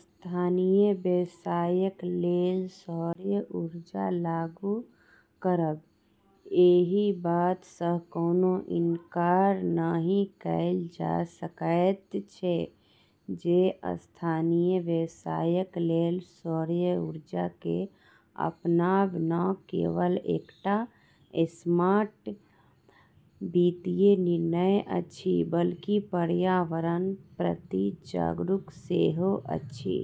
स्थानीय व्यवसायक लेल सौर ऊर्जा लागू करब। एहि बात सँ कोनो इनकार नहि कएल जा सकैत अछि जे स्थानीय व्यवसायक लेल सौर ऊर्जा केँ अपनाब न केवल एकटा स्मार्ट वित्तीय निर्णय अछि, बल्कि पर्यावरणक प्रति जागरूक सेहो अछि।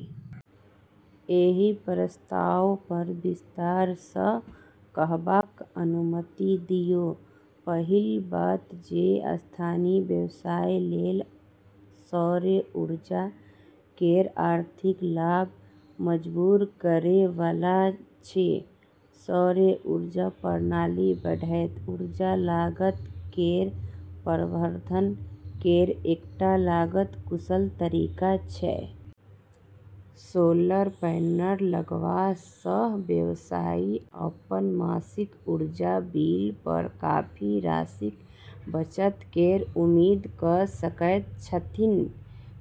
एहि प्रस्ताव पर विस्तार सँ कहबाक अनुमति दियौ। पहिल बात जे स्थानीय व्यवसाय लेल सौर ऊर्जा केर आर्थिक लाभ मजबूर करै बला अछि। सौर ऊर्जा प्रणाली बढ़ैत ऊर्जा लागत केर प्रबंधन केर एकटा लागत-कुशल तरीका छै। सोलर पैनल लगला सँ व्यवसायी अपन मासिक ऊर्जा बिल पर काफी राशिक बचत केर उम्मीद कऽ सकैत छथिन्।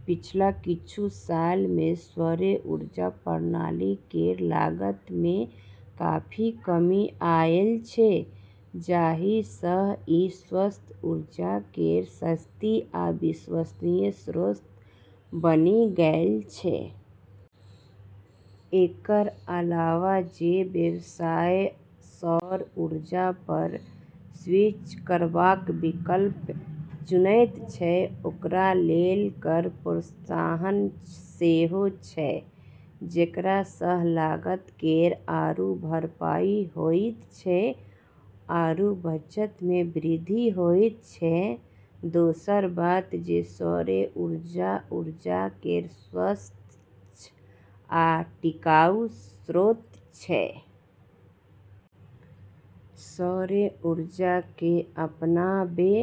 पिछला किछु साल मे सौर ऊर्जा प्रणाली केर लागत मे काफी कमी आयल अछि, जाहि सँ ई स्वच्छ ऊर्जा केर सस्ती आ विश्वसनीय स्रोत बनि गेल अछि। एकर अलावा, जे व्यवसाय सौर ऊर्जा पर स्विच करबाक विकल्प चुनैत छै, ओकरा लेल कर प्रोत्साहन सेहो छै, जेकरा सँ लागत केर आरू भरपाई होइत छै आरू बचत मे वृद्धि होइत छै। दोसर बात जे सौर ऊर्जा ऊर्जा केर स्वच्छ आ टिकाऊ स्रोत छै। सौर ऊर्जा केँ अपनाबै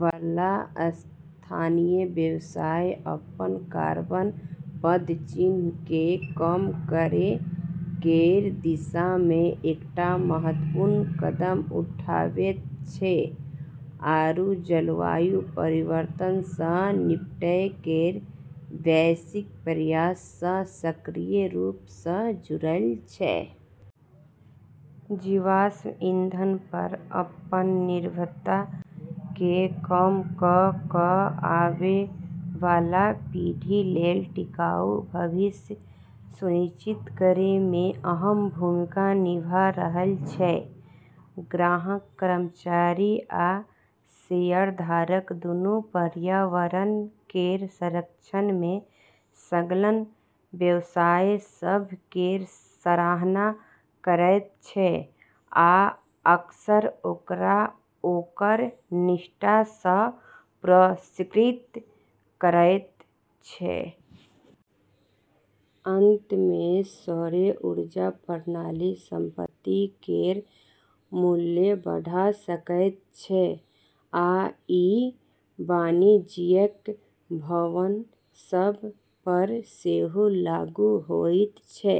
बला स्थानीय व्यवसाय अपन कार्बन पदचिह्न केँ कम करै केर दिशा मे एकटा महत्वपूर्ण कदम उठावैत छै आरू जलवायु परिवर्तन सँ निपटै केर वैश्विक प्रयास सँ सक्रिय रूप सँ जुड़ल छै। जीवाश्म ईंधन पर अपन निर्भरता केँ कम कऽ कऽ आबै बला पीढ़ी लेल टिकाऊ भविष्य सुनिश्चित करै मे अहम भूमिका निभा रहल छै। ग्राहक, कर्मचारी आ शेयरधारक दुनू पर्यावरण केर संरक्षण मे संलग्न व्यवसाय सभ केर सराहना करैत छै आ अक्सर ओकरा ओकर निष्ठा सँ पुरस्कृत करैत छै। अंत मे सौर ऊर्जा प्रणाली संपत्ति केर मूल्य बढ़ा सकैत छै, आ ई वाणिज्यिक भवन सभ पर सेहो लागू होइत छै।